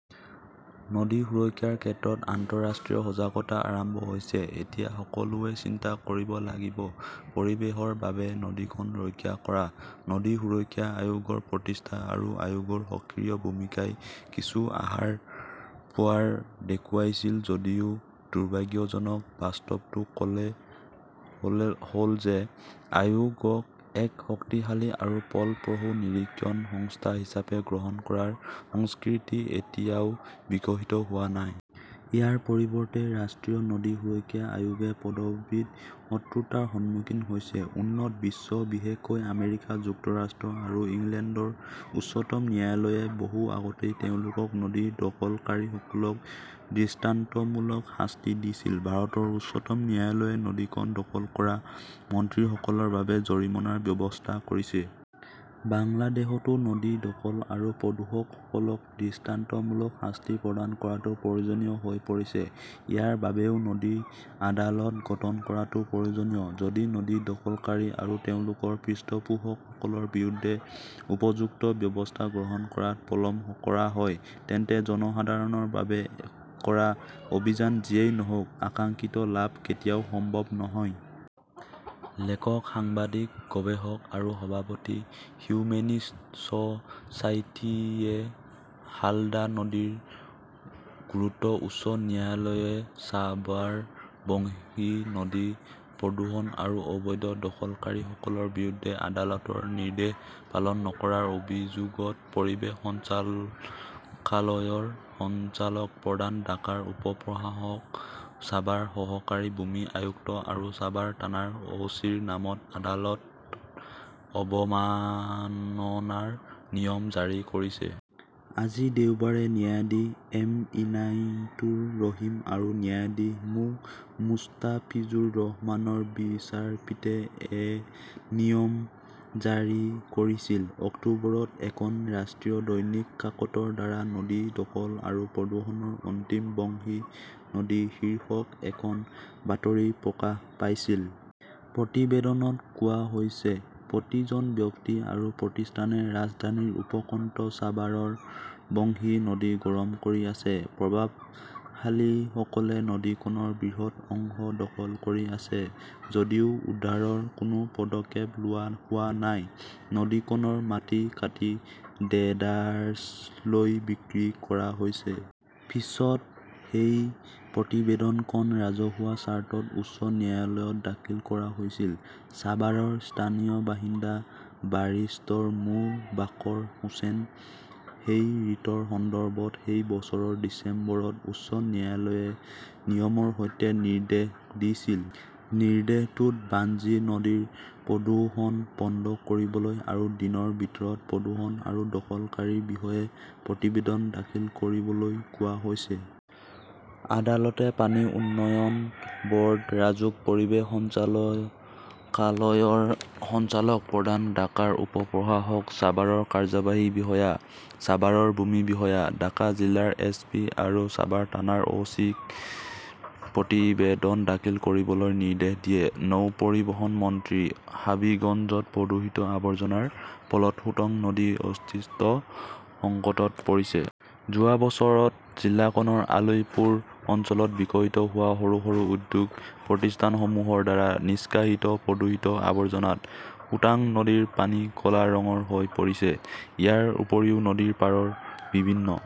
নদী সুৰক্ষাৰ ক্ষেত্ৰত আন্তঃৰাষ্ট্ৰীয় সজাগতা আৰম্ভ হৈছে। এতিয়া সকলোৱে চিন্তা কৰিব লাগিব পৰিৱেশৰ বাবে নদীখন ৰক্ষা কৰা। নদী সুৰক্ষা আয়োগৰ প্ৰতিষ্ঠা আৰু আয়োগৰ সক্ৰিয় ভূমিকাই কিছু আশাৰ পোৱাৰ দেখুৱাইছিল যদিও দুৰ্ভাগ্যজনক বাস্তৱটো হ'ল যে আয়োগক এক শক্তিশালী আৰু ফলপ্ৰসূ নিৰীক্ষণ সংস্থা হিচাপে গ্ৰহণ কৰাৰ সংস্কৃতি এতিয়াও বিকশিত হোৱা নাই। ইয়াৰ পৰিৱৰ্তে, ৰাষ্ট্ৰীয় নদী সুৰক্ষা আয়োগে পদবীত শত্ৰুতাৰ সন্মুখীন হৈছে। উন্নত বিশ্ব, বিশেষকৈ আমেৰিকা যুক্তৰাষ্ট্ৰ আৰু ইংলেণ্ডৰ উচ্চতম ন্যায়ালয়ে বহু আগতেই তেওঁলোকৰ নদী দখলকাৰীসকলক দৃষ্টান্তমূলক শাস্তি দিছিল। ভাৰতৰ উচ্চতম ন্যায়ালয়ে নদীখন দখল কৰা মন্ত্ৰীসকলৰ বাবে জৰিমনাৰ ব্যৱস্থা কৰিছে। বাংলাদেশতো নদী দখল আৰু প্ৰদূষকসকলক দৃষ্টান্তমূলক শাস্তি প্ৰদান কৰাটো প্ৰয়োজনীয় হৈ পৰিছে। ইয়াৰ বাবেও নদী আদালত গঠন কৰাটো প্ৰয়োজনীয়। যদি নদী দখলকাৰী আৰু তেওঁলোকৰ পৃষ্ঠপোষকসকলৰ বিৰুদ্ধে উপযুক্ত ব্যৱস্থা গ্ৰহণ কৰাত পলম কৰা হয়, তেন্তে জনসাধাৰণৰ বাবে কৰা অভিযান যিয়েই নহওঁক, আকাংক্ষিত লাভ কেতিয়াও সম্ভৱ নহয়। লেখক, সাংবাদিক, গৱেষক আৰু সভাপতি হিউমেনিষ্ট ছ 'চাইটিয়ে হালদা নদীৰ গুৰুত্ব উচ্চ ন্যায়ালয়ে ছাভাৰ বংশী নদী প্ৰদূষণ আৰু অবৈধ দখলকাৰীসকলৰ বিৰুদ্ধে আদালতৰ নিৰ্দেশ পালন নকৰাৰ অভিযোগত পৰিৱেশ সঞ্চালকালয়ৰ সঞ্চালক প্ৰধান, ঢাকাৰ উপ-প্ৰশাসক, ছাভাৰ সহকাৰী ভূমি আয়ুক্ত আৰু ছাভাৰ থানাৰ অ'চিৰ নামত আদালত অৱমাননাৰ নিয়ম জাৰি কৰিছে। আজি দেওবাৰে ন্যায়াধীশ এম. ইনাইতুৰ ৰহিম আৰু ন্যায়াধীশ মো. মুষ্টাফিজুৰ ৰহমানৰ বিচাৰপীঠে এ নিয়ম জাৰি কৰিছিল। অক্টোবৰত এখন ৰাষ্ট্ৰীয় দৈনিক কাকতৰ দ্বাৰা নদী দখল আৰু প্ৰদূষণৰ "অন্তিম বংশী নদী" শীৰ্ষক এখন বাতৰি প্ৰকাশ পাইছিল। প্ৰতিবেদনত কোৱা হৈছে, প্ৰতি জন ব্যক্তি আৰু প্ৰতিষ্ঠানে ৰাজধানীৰ উপকণ্ঠ ছাভাৰৰ বংশী নদী গৰম কৰি আছে। প্ৰভাৱশালীসকলে নদীখনৰ বৃহৎ অংশ দখল কৰি আছে যদিও উদ্ধাৰৰ কোনো পদক্ষেপ লোৱা হোৱা নাই। নদীখনৰ মাটি কাটি ডেডাৰ্ছলৈ বিক্ৰী কৰা হৈছে। পিছত সেই প্ৰতিবেদনখন ৰাজহুৱা স্বাৰ্থত উচ্চ ন্যায়ালয়ত দাখিল কৰা হৈছিল ছাভাৰৰ স্থানীয় বাসিন্দা বাৰিষ্টৰ মো. বাকৰ হোসেন। সেই ৰিটৰ সন্দৰ্ভত সেই বছৰৰ ডিচেম্বৰত উচ্চ ন্যায়ালয়ে নিয়মৰ সৈতে নিৰ্দেশ দিছিল। নিৰ্দেশটোত বাঞ্জী নদীৰ প্ৰদূষণ বন্ধ কৰিবলৈ আৰু দিনৰ ভিতৰত প্ৰদূষণ আৰু দখলকাৰীৰ বিষয়ে প্ৰতিবেদন দাখিল কৰিবলৈ কোৱা হৈছে। আদালতে পানী উন্নয়ন ব'ৰ্ড, ৰাজুক, পৰিৱেশ সঞ্চালকালয়ৰ সঞ্চালক প্ৰধান, ঢাকাৰ উপ-প্ৰশাসক, ছাভাৰৰ কাৰ্যবাহী বিষয়া, ছাভাৰৰ ভূমি বিষয়া, ঢাকা জিলাৰ এছ. পি. আৰু ছাভাৰ থানাৰ অ'.চি. ক প্ৰতিবেদন দাখিল কৰিবলৈ নিৰ্দেশ দিয়ে। নৌ পৰিবহণ মন্ত্ৰী হাভিগঞ্জত প্ৰদূষিত আৱৰ্জনাৰ ফলত সুতাং নদী অস্তিত্বৰ সংকটত পৰিছে। যোৱা বছৰত জিলাখনৰ আলীপুৰ অঞ্চলত বিকশিত হোৱা সৰু সৰু ঔদ্যোগিক প্ৰতিষ্ঠানসমূহৰ দ্বাৰা নিষ্কাশিত প্ৰদূষিত আৱৰ্জনাত সুতাং নদীৰ পানী ক'লা ৰঙৰ হৈ পৰিছে। ইয়াৰ উপৰিও, নদীৰ পাৰৰ বিভিন্ন